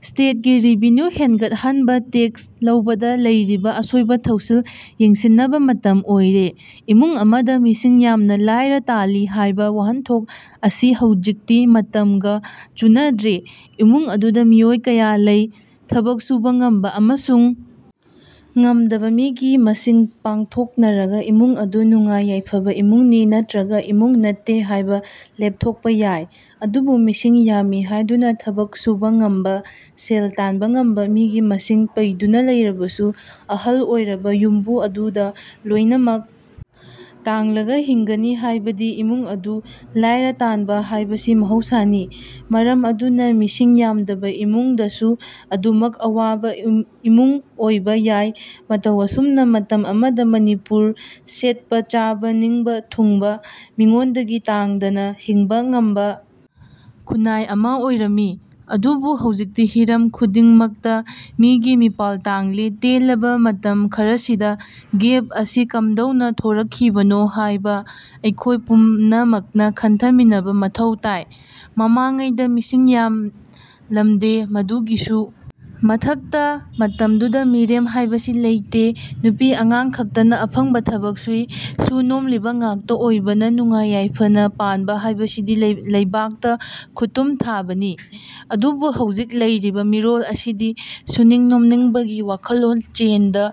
ꯁ꯭ꯇꯦꯠꯒꯤ revenue ꯍꯦꯟꯒꯠ ꯍꯟꯕ tax ꯂꯧꯕꯗ ꯂꯩꯔꯤꯕ ꯑꯁꯣꯏꯕ ꯊꯧꯁꯤꯜ ꯌꯦꯡꯁꯤꯟꯕ ꯃꯇꯝ ꯑꯣꯏꯔꯦ꯫ ꯏꯃꯨꯡ ꯑꯃꯗ ꯃꯤꯁꯤꯡ ꯌꯥꯝꯅ ꯂꯥꯏꯔ ꯇꯥꯜꯂꯤ ꯍꯥꯏꯕ ꯋꯥꯍꯟꯊꯣꯛ ꯑꯁꯤ ꯍꯧꯖꯤꯛꯇꯤ ꯃꯇꯝꯒ ꯆꯨꯅꯗ꯭ꯔꯦ꯫ ꯏꯃꯨꯡ ꯑꯗꯨꯗ ꯃꯤꯑꯣꯏ ꯀꯌꯥ ꯂꯩ, ꯊꯕꯛ ꯁꯨꯕ ꯉꯝꯕ ꯑꯃꯁꯨꯡ ꯉꯝꯗꯕ ꯃꯤꯒꯤ ꯃꯁꯤꯡ ꯄꯥꯡꯊꯣꯛꯅꯔꯒ ꯏꯃꯨꯡ ꯑꯗꯨ ꯅꯨꯡꯉꯥꯏ-ꯌꯥꯏꯐꯕ ꯏꯃꯨꯡꯅꯤ ꯅꯠꯇ꯭ꯔꯒ ꯏꯃꯨꯡ ꯅꯠꯇꯦ ꯍꯥꯏꯕ ꯂꯦꯞꯊꯣꯛꯄ ꯌꯥꯏ꯫ ꯑꯗꯨꯕꯨ ꯃꯤꯁꯤꯡ ꯌꯥꯝꯃꯤ ꯍꯥꯏꯗꯨꯅ ꯊꯕꯛ ꯁꯨꯕ ꯉꯝꯕ, ꯁꯦꯜ ꯇꯥꯟꯕ ꯉꯝꯕ ꯃꯤꯒꯤ ꯃꯁꯤꯡ ꯄꯩꯗꯨꯅ ꯂꯩꯔꯕꯁꯨ ꯑꯍꯜ ꯑꯣꯏꯔꯕ ꯌꯨꯝꯕꯨ ꯑꯗꯨꯗ ꯂꯣꯏꯅꯃꯛ ꯇꯥꯡꯂꯒ ꯍꯤꯡꯒꯅꯤ ꯍꯥꯏꯕꯗꯤ ꯏꯃꯨꯡ ꯑꯗꯨ ꯂꯥꯏꯔ ꯇꯥꯟꯕ ꯍꯥꯏꯕꯁꯤ ꯃꯍꯧ ꯁꯥꯅꯤ꯫ ꯃꯔꯝ ꯑꯗꯨꯅ ꯃꯤꯁꯤꯡ ꯌꯥꯝꯗꯕ ꯏꯃꯨꯡ ꯗꯁꯨ ꯑꯗꯨꯃꯛ ꯑꯋꯥꯕ ꯏꯃꯨꯡ ꯑꯣꯏꯕ ꯌꯥꯏ꯫ ꯃꯇꯧ ꯑꯁꯨꯝꯅ ꯃꯇꯝ ꯑꯃꯗ ꯃꯅꯤꯄꯨꯔ ꯁꯦꯠꯄ-ꯆꯥꯕ ꯅꯤꯡꯕ ꯊꯨꯡꯕ, ꯃꯤꯉꯣꯟꯗꯒꯤ ꯇꯥꯡꯗꯅ ꯍꯤꯡꯕ ꯉꯝꯕ ꯈꯨꯟꯅꯥꯏ ꯑꯃ ꯑꯣꯏꯔꯝꯃꯤ꯫ ꯑꯗꯨꯕꯨ ꯍꯧꯖꯤꯛꯇꯤ ꯍꯤꯔꯝ ꯈꯨꯗꯤꯡ ꯃꯛꯇ ꯃꯤꯒꯤ ꯃꯤꯄꯥꯜ ꯇꯥꯡꯂꯦ꯫ ꯇꯦꯜꯂꯕ ꯃꯇꯝ ꯈꯔꯁꯤꯗ ꯒꯦꯞ ꯑꯁꯤ ꯀꯝꯗꯧꯅ ꯊꯣꯔꯛ ꯈꯤꯕꯅꯣ ꯍꯥꯏꯕ ꯑꯩꯈꯣꯏ ꯄꯨꯝꯅ ꯃꯛꯅ ꯈꯟꯊ ꯃꯤꯟꯅꯕ ꯃꯊꯧ ꯇꯥꯏ꯫ ꯃꯃꯥꯡ ꯉꯩꯗ ꯃꯤꯁꯤꯡ ꯌꯥꯝ ꯂꯝꯗꯦ, ꯃꯗꯨꯒꯤꯁꯨ ꯃꯊꯛꯇ ꯃꯇꯝꯗꯨꯗ ꯃꯤꯔꯦꯝ ꯍꯥꯏꯕꯁꯤ ꯂꯩꯇꯦ꯫ ꯅꯨꯄꯤ ꯑꯉꯥꯡ ꯈꯥꯛꯇꯅ ꯑꯐꯪꯕ ꯊꯕꯛ ꯁꯨꯏ꯫ ꯁꯨ-ꯅꯣꯃꯂꯤꯕ ꯉꯥꯛꯇ ꯑꯣꯏꯕꯅ ꯅꯨꯡꯉꯥꯏ ꯌꯥꯏꯐꯅ ꯄꯥꯟꯕ ꯍꯥꯏꯕꯁꯤꯗꯤ ꯂꯩꯕꯥꯛꯇ ꯈꯨꯠꯇꯨꯃ ꯊꯥꯕꯅꯤ꯫ ꯑꯗꯨꯕꯨ ꯍꯧꯖꯤꯛ ꯂꯩꯔꯤꯕ ꯃꯤꯔꯣꯜ ꯑꯁꯤꯗꯤ ꯁꯨꯅꯤꯡ-ꯅꯣꯃꯅꯤꯡꯕꯒꯤ ꯋꯥꯈꯜꯂꯣꯟ ꯆꯦꯟꯗ,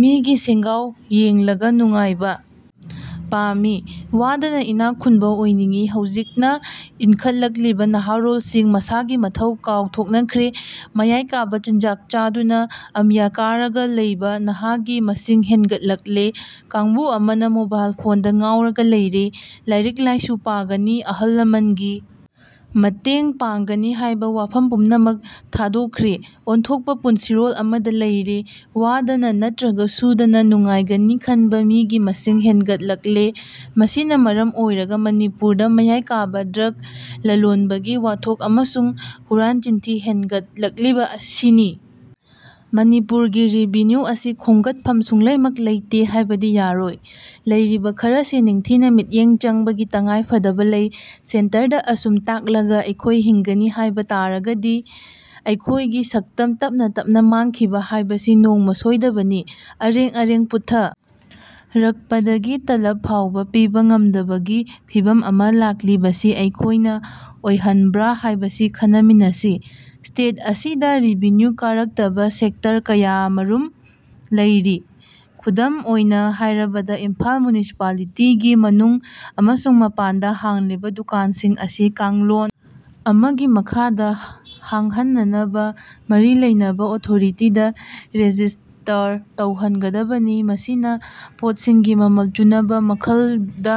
ꯃꯤꯒꯤ ꯁꯦꯟꯒꯥꯎ ꯌꯦꯡꯂꯒ ꯅꯨꯡꯉꯥꯏꯕ ꯄꯥꯝꯃꯤ꯫ ꯋꯥꯗꯅ ꯏꯅꯥꯛ ꯈꯨꯟꯕ ꯑꯣꯏꯅꯤꯡꯏ꯫ ꯍꯧꯖꯤꯛꯅ ꯏꯟꯈꯠ ꯂꯛꯂꯤꯕ ꯅꯍꯥꯔꯣꯜꯁꯤꯡ ꯃꯁꯥꯒꯤ ꯃꯊꯧ ꯀꯥꯎ ꯊꯣꯛꯅꯈ꯭ꯔꯦ꯫ ꯃꯌꯥꯏ ꯀꯥꯕ ꯆꯤꯟꯖꯥꯛ ꯆꯥꯗꯨꯅ ꯑꯃꯤꯌ ꯀꯥꯔꯒ ꯂꯩꯕ ꯅꯍꯥꯒꯤ ꯃꯁꯤꯡ ꯍꯦꯟꯒꯠ ꯂꯛꯂꯦ꯫ ꯀꯥꯡꯕꯨ ꯑꯃꯅ ꯃꯣꯕꯥꯏꯜ ꯐꯣꯟꯗ ꯉꯥꯎꯔꯒ ꯂꯩꯔꯦ꯫ ꯂꯥꯏꯔꯤꯛ-ꯂꯥꯏꯁꯨ ꯄꯥꯒꯅꯤ, ꯑꯍꯜ-ꯂꯃꯟꯒꯤ ꯃꯇꯦꯡ ꯄꯥꯡꯒꯅꯤ ꯍꯥꯏꯕ ꯋꯥꯐꯝ ꯄꯨꯝꯅꯃꯛ ꯊꯥꯗꯣꯛꯈ꯭ꯔꯦ꯫ ꯑꯣꯟꯊꯣꯛꯄ ꯄꯨꯟꯁꯤꯔꯣꯜ ꯑꯃꯗ ꯂꯩꯔꯦ꯫ ꯋꯥꯗꯅ ꯅꯠꯇ꯭ꯔꯒ ꯁꯨꯗꯅ ꯅꯨꯡꯉꯥꯏꯒꯅꯤ ꯈꯟꯕ ꯃꯤꯒꯤ ꯃꯁꯤꯡ ꯍꯦꯟꯒꯠ ꯂꯛꯂꯦ꯫ ꯃꯁꯤꯅ ꯃꯔꯝ ꯑꯣꯏꯔꯒ ꯃꯅꯤꯄꯨꯔꯗ ꯃꯌꯥꯏ ꯀꯥꯕ ꯗ꯭ꯔꯒ ꯂꯂꯣꯟꯕꯒꯤ ꯋꯥꯊꯣꯛ ꯑꯃꯁꯨꯡ ꯍꯨꯔꯥꯟ-ꯆꯤꯟꯊꯤ ꯍꯦꯟꯒꯠ ꯂꯛꯂꯤꯕ ꯑꯁꯤꯅꯤ꯫ ꯃꯅꯤꯄꯨꯔꯒꯤ ꯔꯦꯚꯤꯅ꯭ꯌꯨ ꯑꯁꯤ ꯈꯣꯝꯒꯠꯐꯝ ꯁꯨꯡꯂꯩꯃꯛ ꯂꯩꯇꯦ ꯍꯥꯏꯕꯗꯤ ꯌꯥꯔꯣꯏ꯫ ꯂꯩꯔꯤꯕ ꯈꯔꯁꯤ ꯅꯤꯡꯊꯤꯅ ꯃꯤꯠꯌꯦꯡ ꯆꯪꯕꯒꯤ ꯇꯉꯥꯏ ꯐꯗꯕ ꯂꯩ꯫ ꯁꯦꯟꯇꯔꯗ ꯑꯁꯨꯝ ꯇꯥꯡꯂꯒ ꯑꯩꯈꯣꯏ ꯍꯤꯡꯒꯅꯤ ꯍꯥꯏꯕ ꯇꯥꯔꯒꯗꯤ ꯑꯩꯈꯣꯏꯒꯤ ꯁꯛꯇꯝ ꯇꯞꯅ ꯇꯞꯅ ꯃꯥꯡꯈꯤꯕ ꯍꯥꯏꯕꯁꯤ ꯅꯣꯡꯃ ꯁꯣꯏꯗꯕꯅꯤ꯫ ꯑꯔꯦꯡ-ꯑꯔꯦꯡ ꯄꯨꯠꯊ ꯔꯛꯄꯗꯒꯤ ꯇꯂꯕ ꯐꯥꯎꯕ ꯄꯤꯕ ꯉꯝꯗꯕꯒꯤ ꯐꯤꯚꯝ ꯑꯃ ꯂꯥꯛꯂꯤꯕꯁꯤ ꯑꯩꯈꯣꯏꯅ ꯑꯣꯏꯍꯟꯕ꯭ꯔ ꯍꯥꯏꯕꯁꯤ ꯈꯟꯅ ꯃꯤꯟꯅꯁꯤ꯫ ꯁ꯭ꯇꯦꯠ ꯑꯁꯤꯗ ꯔꯦꯚꯤꯅ꯭ꯌꯨ ꯀꯥꯔꯛꯇꯕ ꯁꯦꯛꯇꯔ ꯀꯌꯥꯝ ꯔꯨꯃ ꯂꯩꯔꯤ꯫ ꯈꯨꯗꯝ ꯑꯣꯏꯅ ꯍꯥꯏꯔꯕꯗ ꯏꯝꯐꯥꯜ ꯃ꯭ꯌꯨꯅꯤꯁꯤꯄꯂꯤꯇꯤꯒꯤ ꯃꯅꯨꯡ ꯑꯃꯁꯨꯡ ꯃꯄꯥꯟꯗ ꯍꯥꯡꯂꯤꯕ ꯗꯨꯀꯥꯟꯁꯤꯡ ꯑꯁꯤ ꯀꯥꯡꯂꯣꯟ ꯑꯃꯒꯤ ꯃꯈꯥꯗ ꯍꯥꯡꯍꯟꯅꯅꯕ ꯃꯔꯤ ꯂꯩꯅꯕ ꯑꯣꯊꯣꯔꯤꯇꯤꯗ ꯔꯦꯖꯤꯁꯇꯥꯔ ꯇꯧꯍꯟ ꯒꯗꯕꯅꯤ꯫ ꯃꯁꯤꯅ ꯄꯣꯠꯁꯤꯡꯒꯤ ꯃꯃꯜ ꯆꯨꯅꯕ ꯃꯈꯜꯗ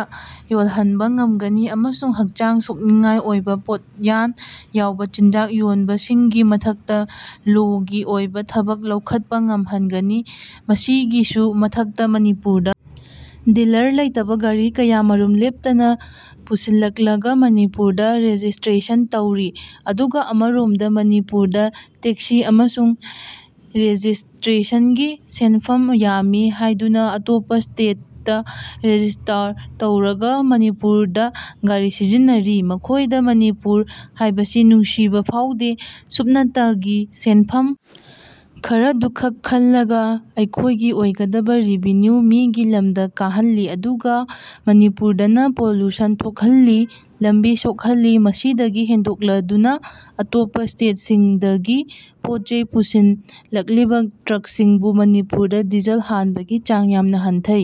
ꯌꯣꯜꯍꯟꯕ ꯉꯝꯒꯅꯤ ꯑꯃꯁꯨꯡ ꯍꯛꯆꯥꯡ ꯁꯣꯛꯅꯤꯡꯉꯥꯏ ꯑꯣꯏꯕ, ꯄꯣꯠꯌꯥꯟ ꯌꯥꯎꯕ ꯆꯤꯟꯖꯥꯛ ꯌꯣꯟꯕꯁꯤꯡꯒꯤ ꯃꯊꯛꯇ ꯂꯣꯒꯤ ꯑꯣꯏꯕ ꯊꯕꯛ ꯂꯧꯈꯠꯄ ꯉꯝꯍꯟꯒꯅꯤ꯫ ꯃꯁꯤꯒꯤꯁꯨ ꯃꯊꯛꯇ ꯃꯅꯤꯄꯨꯔꯗ ꯗꯤꯜꯂꯔ ꯂꯩꯇꯕ ꯒꯥꯔꯤ ꯀꯌꯥꯃꯔꯨꯝ ꯂꯦꯞꯇꯅ ꯄꯨꯁꯤꯜ ꯂꯛꯂꯒ ꯃꯅꯤꯄꯨꯔꯗ ꯔꯦꯖꯤꯁꯇ꯭ꯔꯦꯁꯟ ꯇꯧꯔꯤ꯫ ꯑꯗꯨꯒ ꯑꯃꯔꯣꯝꯗ ꯃꯅꯤꯄꯨꯔꯗ ꯇꯦꯛꯁꯤ ꯑꯃꯁꯨꯡ ꯔꯦꯖꯤꯁꯇ꯭ꯔꯦꯁꯟꯒꯤ ꯁꯦꯟꯐꯝ ꯌꯥꯝꯃꯤ ꯍꯥꯏꯗꯨꯅ ꯑꯇꯣꯞꯄ ꯁ꯭ꯇꯦꯠꯇ ꯔꯦꯖꯤꯁꯇꯥꯔ ꯇꯧꯔꯒ ꯃꯅꯤꯄꯨꯔꯗ ꯒꯥꯔꯤ ꯁꯤꯖꯤꯟꯅꯔꯤ꯫ ꯃꯈꯣꯏꯗ ꯃꯅꯤꯄꯨꯔ ꯍꯥꯏꯕꯁꯤ ꯅꯨꯡꯁꯤꯕ ꯐꯥꯎꯗꯦ꯫ ꯁꯨꯞꯅꯇꯒꯤ ꯁꯦꯟꯐꯝ ꯈꯔꯗꯨ ꯈꯛ ꯈꯟꯂꯒ ꯑꯩꯈꯣꯏꯒꯤ ꯑꯣꯏꯒꯗꯕ ꯔꯦꯚꯤꯅ꯭ꯌꯨ ꯃꯤꯒꯤ ꯂꯝꯗ ꯀꯥꯍꯟꯂꯤ꯫ ꯑꯗꯨꯒ ꯃꯅꯤꯄꯨꯔꯗꯅ ꯄꯣꯂꯨꯁꯟ ꯊꯣꯛꯍꯟꯂꯤ, ꯂꯝꯕꯤ ꯁꯣꯛꯍꯟꯂꯤ꯫ ꯃꯁꯤꯗꯒꯤ ꯍꯦꯟꯗꯣꯛꯂꯗꯨꯅ ꯑꯇꯣꯞꯄ ꯁ꯭ꯇꯦꯠꯁꯤꯡꯗꯒꯤ ꯄꯣꯠ-ꯆꯩ ꯄꯨꯁꯤꯟ ꯂꯛꯂꯤꯕ ꯇ꯭ꯔꯛꯁꯤꯡꯕꯨ ꯃꯅꯤꯄꯨꯔꯗ ꯗꯤꯖꯜ ꯍꯥꯟꯕꯒꯤ ꯆꯥꯡ ꯌꯥꯝꯅ ꯍꯟꯊꯩ꯫